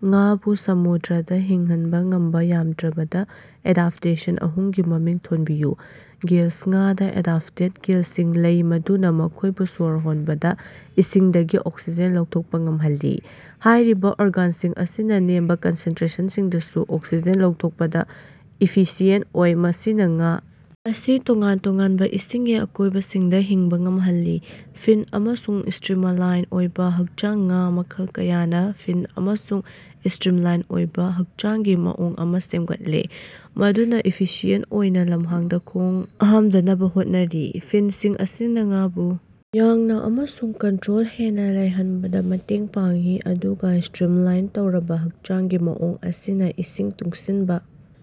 ꯉꯥꯕꯨ ꯁꯃꯨꯗ꯭ꯔꯗꯥ ꯍꯤꯡꯍꯟꯕ ꯉꯝꯕꯥ ꯌꯥꯝꯗ꯭ꯔꯕꯗ ꯑꯦꯗꯞꯇꯦꯁꯟ ꯑꯍꯨꯝꯒꯤ ꯃꯃꯤꯡ ꯊꯣꯟꯕꯤꯌꯨ꯫ ꯒꯤꯜꯁ: ꯉꯥꯗꯥ ꯑꯦꯗꯞꯇꯦꯗ ꯒꯤꯜꯁꯤꯡ ꯂꯩ ꯃꯗꯨꯅ ꯃꯈꯣꯏꯕꯨ ꯁ꯭ꯋꯔ ꯍꯣꯟꯕꯗ ꯏꯁꯤꯡꯗꯒꯤ ꯑꯣꯛꯁꯤꯖꯦꯟ ꯂꯧꯊꯣꯛꯄꯥ ꯉꯝꯍꯜꯂꯤ꯫ ꯍꯥꯏꯔꯤꯕꯥ ꯑꯣꯔꯒꯥꯟꯁꯤꯡ ꯑꯁꯤꯅ ꯅꯦꯝꯕ ꯀꯟꯁꯦꯟꯇꯔꯦꯁꯟꯁꯤꯡꯗꯁꯨ ꯑꯣꯛꯁꯤꯖꯦꯟ ꯂꯧꯊꯣꯛꯄꯗꯥ ꯏꯐꯤꯁꯤꯌꯦꯟ ꯑꯣꯏ, ꯃꯁꯤꯅꯥ ꯉꯥ ꯑꯁꯤ ꯇꯣꯉꯥꯟ ꯇꯣꯉꯥꯟꯕ ꯏꯁꯤꯡꯒꯤ ꯑꯀꯣꯏꯕꯁꯤꯡꯗ ꯍꯤꯡꯕ ꯉꯝꯍꯜꯂꯤ꯫ ꯐꯤꯟ ꯑꯃꯁꯨꯡ ꯁ꯭ꯇꯔꯤꯃꯂꯥꯏꯟ ꯑꯣꯏꯕ ꯍꯛꯆꯥꯡ: ꯉꯥ ꯃꯈꯜ ꯀꯌꯥꯅ ꯐꯤꯟ ꯑꯃꯁꯨꯡ ꯁ꯭ꯇꯔꯤꯝꯂꯥꯏꯟ ꯑꯣꯏꯕ ꯍꯛꯆꯥꯡꯒꯤ ꯃꯑꯣꯡ ꯑꯃꯥ ꯁꯦꯝꯒꯠꯂꯦ ꯃꯗꯨꯅꯥ ꯏꯐꯤꯁꯤꯌꯦꯟ ꯑꯣꯏꯅꯥ ꯂꯝꯍꯥꯡꯗꯥ ꯈꯣꯡ ꯍꯥꯝꯗꯅꯕ ꯍꯣꯠꯅꯔꯤ꯫ ꯐꯤꯟꯁꯤꯡ ꯑꯁꯤꯅ ꯉꯥꯕꯨ ꯌꯥꯡꯅ ꯑꯃꯁꯨꯡ ꯀꯟꯇꯔꯣꯜ ꯍꯦꯟꯅ ꯂꯩꯍꯟꯕꯗꯥ ꯃꯇꯦꯡ ꯄꯥꯡꯏ ꯑꯗꯨꯒ ꯁ꯭ꯇꯔꯤꯝꯂꯥꯏꯟ ꯇꯧꯔꯕ ꯍꯛꯆꯥꯡꯒꯤ ꯃꯑꯣꯡ ꯑꯁꯤꯅꯥ ꯏꯁꯤꯡ ꯇꯨꯡꯁꯤꯟꯕꯥ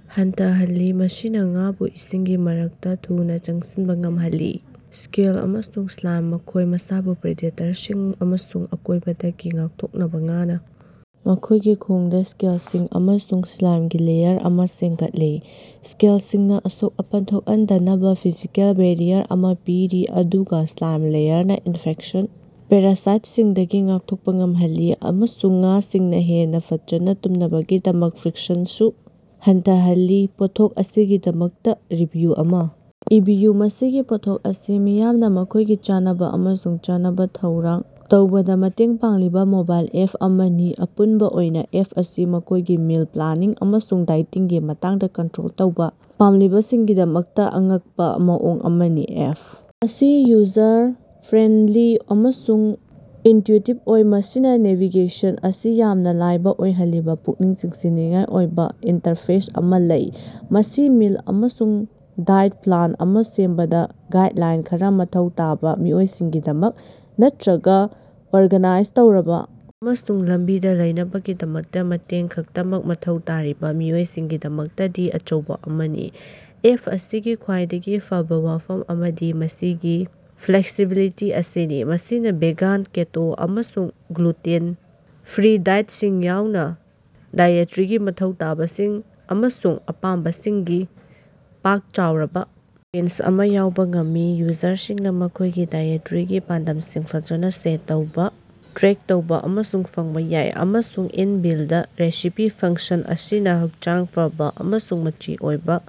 ꯍꯟꯊꯍꯜꯂꯤ, ꯃꯁꯤꯅ ꯉꯥꯕꯨ ꯏꯁꯤꯡꯒꯤ ꯃꯔꯛꯇ ꯊꯨꯅꯥ ꯆꯪꯁꯤꯟꯕꯥ ꯉꯝꯍꯜꯂꯤ꯫ ꯁ꯭ꯀꯦꯜ ꯑꯃꯁꯨꯡ ꯁ꯭ꯂꯥꯏꯝ: ꯃꯈꯣꯏ ꯃꯁꯥꯕꯨ ꯄ꯭ꯔꯤꯗꯦꯇꯔꯁꯤꯡ ꯑꯃꯁꯨꯡ ꯑꯀꯣꯏꯕꯗꯒꯤ ꯉꯥꯛꯊꯣꯛꯅꯕꯥ ꯉꯥꯅꯥ ꯃꯈꯣꯏꯒꯤ ꯈꯣꯡꯗꯥ ꯁ꯭ꯀꯦꯜꯁꯤꯡ ꯑꯃꯁꯨꯡ ꯁ꯭ꯂꯥꯏꯝꯒꯤ ꯂꯦꯌꯔ ꯑꯃꯥ ꯁꯦꯝꯒꯠꯂꯦ꯫ ꯁ꯭ꯀꯦꯜꯁꯤꯡꯅ ꯑꯁꯣꯛ-ꯑꯄꯟ ꯊꯣꯛꯍꯟꯗꯅꯕ ꯐꯤꯖꯤꯀꯦꯜ ꯕꯦꯔꯤꯌꯥꯔ ꯑꯃꯥ ꯄꯤꯔꯤ ꯑꯗꯨꯒ ꯁ꯭ꯂꯥꯏꯝ ꯂꯦꯌꯔꯅ ꯏꯟꯐꯦꯛꯁꯟ, ꯄꯦꯔꯥꯁꯥꯏꯠꯁꯤꯡꯗꯒꯤ ꯉꯥꯛꯊꯣꯛꯄ ꯉꯝꯍꯜꯂꯤ ꯑꯃꯁꯨꯡ ꯉꯥꯁꯤꯡꯅ ꯍꯦꯟꯅ ꯐꯖꯅ ꯇꯨꯝꯅꯕꯒꯤꯗꯃꯛ ꯐ꯭ꯔꯤꯛꯁꯟꯁꯨ ꯍꯟꯊꯍꯜꯂꯤ꯫ ꯄꯣꯠꯊꯣꯛ ꯑꯁꯤꯒꯤꯗꯃꯛꯇ ꯔꯤꯚꯤꯌꯨ ꯑꯃꯥ ꯏꯕꯤꯌꯨ꯫ ꯃꯁꯤꯒꯤ ꯄꯣꯠꯊꯣꯛ ꯑꯁꯤ ꯃꯤꯌꯥꯝꯅ ꯃꯈꯣꯏꯒꯤ ꯆꯥꯅꯕ ꯑꯃꯁꯨꯡ ꯆꯥꯅꯕ ꯊꯧꯔꯥꯡ ꯇꯧꯕꯗ ꯃꯇꯦꯡ ꯄꯥꯡꯂꯤꯕ ꯃꯣꯕꯥꯏꯜ ꯑꯦꯞ ꯑꯃꯅꯤ꯫ ꯑꯄꯨꯟꯕ ꯑꯣꯏꯅꯥ, ꯑꯦꯞ ꯑꯁꯤ ꯃꯈꯣꯏꯒꯤ ꯃꯤꯜ ꯄ꯭ꯂꯥꯅꯤꯡ ꯑꯃꯁꯨꯡ ꯗꯥꯏꯇꯤꯡꯒꯤ ꯃꯇꯥꯡꯗ ꯀꯟꯇꯔꯣꯜ ꯇꯧꯕꯥ ꯄꯥꯝꯂꯤꯕꯁꯤꯡꯒꯤꯗꯃꯛꯇ ꯑꯉꯛꯄꯥ ꯃꯑꯣꯡ ꯑꯃꯅꯤ꯫ ꯑꯦꯞ ꯑꯁꯤ ꯌꯨꯖꯔ ꯐ꯭ꯔꯦꯟꯗꯂꯤ ꯑꯃꯁꯨꯡ ꯏꯟꯇꯌꯨꯏꯇꯤꯕ ꯑꯣꯏ, ꯃꯁꯤꯗꯥ ꯅꯦꯚꯤꯒꯦꯁꯟ ꯑꯁꯤ ꯌꯥꯝꯅ ꯂꯥꯏꯕ ꯑꯣꯏꯍꯜꯂꯤꯕ ꯄꯨꯛꯅꯤꯡ ꯆꯤꯡꯁꯤꯟꯅꯤꯡꯉꯥꯏ ꯑꯣꯏꯕ ꯏꯟꯇꯔꯐꯦꯁ ꯑꯃꯥ ꯂꯩ꯫ ꯃꯁꯤ ꯃꯤꯜ ꯑꯃꯁꯨꯡ ꯗꯥꯏꯠ ꯄ꯭ꯂꯥꯟ ꯑꯃꯥ ꯁꯦꯝꯕꯗ ꯒꯥꯏꯗꯂꯥꯏꯟ ꯈꯔ ꯃꯊꯧ ꯇꯥꯕ ꯃꯤꯑꯣꯏꯁꯤꯡꯒꯤꯗꯃꯛ, ꯅꯠꯇꯔꯒ ꯑꯣꯔꯒꯥꯅꯥꯏꯖ ꯇꯧꯔꯕ ꯑꯃꯁꯨꯡ ꯂꯝꯕꯤꯗ ꯂꯩꯅꯕꯒꯤꯗꯃꯛꯇ ꯃꯇꯦꯡ ꯈꯛꯇꯃꯛ ꯃꯊꯧ ꯇꯥꯔꯤꯕꯥ ꯃꯤꯑꯣꯏꯁꯤꯡꯒꯤꯗꯃꯛꯇꯗꯤ ꯑꯆꯧꯕ ꯑꯃꯅꯤ꯫ ꯑꯦꯞ ꯑꯁꯤꯒꯤ ꯈ꯭ꯋꯥꯏꯗꯒꯤ ꯐꯕꯥ ꯋꯥꯐꯝ ꯑꯃꯗꯤ ꯃꯁꯤꯒꯤ ꯐ꯭ꯂꯦꯛꯁꯤꯕꯤꯂꯤꯇꯤ ꯑꯁꯤꯅꯤ꯫ ꯃꯁꯤꯅꯥ ꯚꯦꯒꯥꯟ, ꯀꯦꯇꯣ ꯑꯃꯁꯨꯡ ꯒ꯭ꯂꯨꯇꯦꯟ ꯐ꯭ꯔꯤ ꯗꯥꯏꯠꯁꯤꯡ ꯌꯥꯎꯅ ꯗꯥꯏꯑꯦꯇꯔꯤꯒꯤ ꯃꯊꯧ ꯇꯥꯕꯁꯤꯡ ꯑꯃꯁꯨꯡ ꯑꯄꯥꯝꯕꯁꯤꯡꯒꯤ ꯄꯥꯛ-ꯆꯥꯎꯔꯕ ꯔꯦꯟꯖ ꯑꯃꯥ ꯌꯥꯎꯕ ꯉꯝꯃꯤ꯫ ꯌꯨꯖꯔꯁꯤꯡꯅ ꯃꯈꯣꯏꯒꯤ ꯗꯥꯏꯑꯦꯇꯔꯤꯒꯤ ꯄꯥꯟꯗꯝꯁꯤꯡ ꯐꯖꯅ ꯁꯦꯠ ꯇꯧꯕ, ꯇ꯭ꯔꯦꯛ ꯇꯧꯕ ꯑꯃꯁꯨꯡ ꯐꯪꯕ ꯌꯥꯏ, ꯑꯃꯁꯨꯡ ꯏꯟ-ꯕꯤꯜꯗ ꯔꯦꯁꯤꯄꯤ ꯐꯪꯁꯟ ꯑꯁꯤꯅ ꯍꯛꯆꯥꯡ ꯐꯕꯥ ꯑꯃꯁꯨꯡ ꯃꯆꯤ ꯑꯣꯏꯕ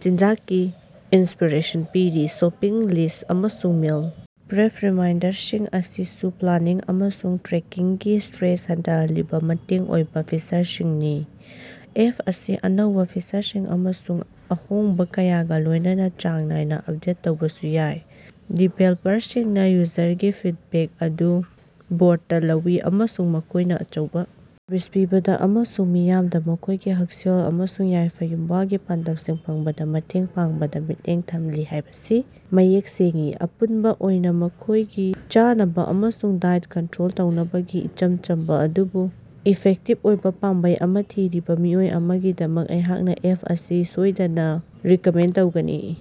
ꯆꯤꯟꯖꯥꯛꯀꯤ ꯏꯟꯁꯄꯤꯔꯦꯁꯟ ꯄꯤꯔꯤ꯫ ꯁꯣꯄꯤꯡ ꯂꯤꯁ꯭ꯠ ꯑꯃꯁꯨꯡ ꯃꯤꯜ ꯄ꯭ꯔꯦꯞ ꯔꯤꯃꯥꯏꯟꯗꯔꯁꯤꯡ ꯑꯁꯤꯁꯨ ꯄ꯭ꯂꯥꯅꯤꯡ ꯑꯃꯁꯨꯡ ꯇ꯭ꯔꯦꯀꯤꯡꯒꯤ ꯁ꯭ꯇꯔꯦꯁ ꯍꯟꯊꯍꯜꯂꯤꯕꯥ ꯃꯇꯦꯡ ꯑꯣꯏꯕꯥ ꯐꯤꯆꯔꯁꯤꯡꯅꯤ꯫ ꯑꯦꯞ ꯑꯁꯤ ꯑꯅꯧꯕꯥ ꯐꯤꯆꯔꯁꯤꯡ ꯑꯃꯁꯨꯡ ꯑꯍꯣꯡꯕ ꯀꯌꯥꯒ ꯂꯣꯏꯅꯅꯥ ꯆꯥꯡ ꯅꯥꯏꯅ ꯑꯞꯗꯦꯠ ꯇꯧꯕꯁꯨ ꯌꯥꯏ꯫ ꯗꯤꯕꯦꯜꯄꯔꯁꯤꯡꯅꯥ ꯌꯨꯖꯔꯒꯤ ꯐꯤꯗꯕꯦꯛ ꯑꯗꯨ ꯕꯣꯔꯗꯇꯥ ꯂꯧꯏ, ꯑꯃꯁꯨꯡ ꯃꯈꯣꯏꯅꯥ ꯑꯆꯧꯕꯥ ꯁꯔꯕꯤꯁ ꯄꯤꯕꯗ ꯑꯃꯁꯨꯡ ꯃꯤꯌꯥꯝꯗ ꯃꯈꯣꯏꯒꯤ ꯍꯛꯁꯦꯜ ꯑꯃꯁꯨꯡ ꯌꯥꯏꯐ-ꯌꯨꯝꯕꯥꯜꯒꯤ ꯄꯥꯟꯗꯝꯁꯤꯡ ꯐꯪꯕꯗ ꯃꯇꯦꯡ ꯄꯥꯡꯕꯗꯥ ꯃꯤꯠꯌꯦꯡ ꯊꯝꯂꯤ ꯍꯥꯏꯕꯁꯤ ꯃꯌꯦꯛ ꯁꯦꯡꯏ꯫ ꯑꯄꯨꯟꯕ ꯑꯣꯏꯅ, ꯃꯈꯣꯏꯒꯤ ꯆꯥꯅꯕ ꯑꯃꯁꯨꯡ ꯗꯥꯏꯠ ꯀꯟꯇꯔꯣꯜ ꯇꯧꯅꯕꯒꯤ ꯏꯆꯝ ꯆꯝꯕꯥ ꯑꯗꯨꯕꯨ ꯏꯐꯦꯛꯇꯤꯕ ꯑꯣꯏꯕ ꯄꯥꯝꯕꯩ ꯑꯃꯥ ꯊꯤꯔꯤꯕ ꯃꯤꯑꯣꯏ ꯑꯃꯒꯤꯗꯃꯛ ꯑꯩꯍꯥꯛꯅ ꯑꯦꯞ ꯑꯁꯤ ꯁꯣꯏꯗꯅ ꯔꯤꯀꯃꯦꯟ ꯇꯧꯒꯅꯤ꯫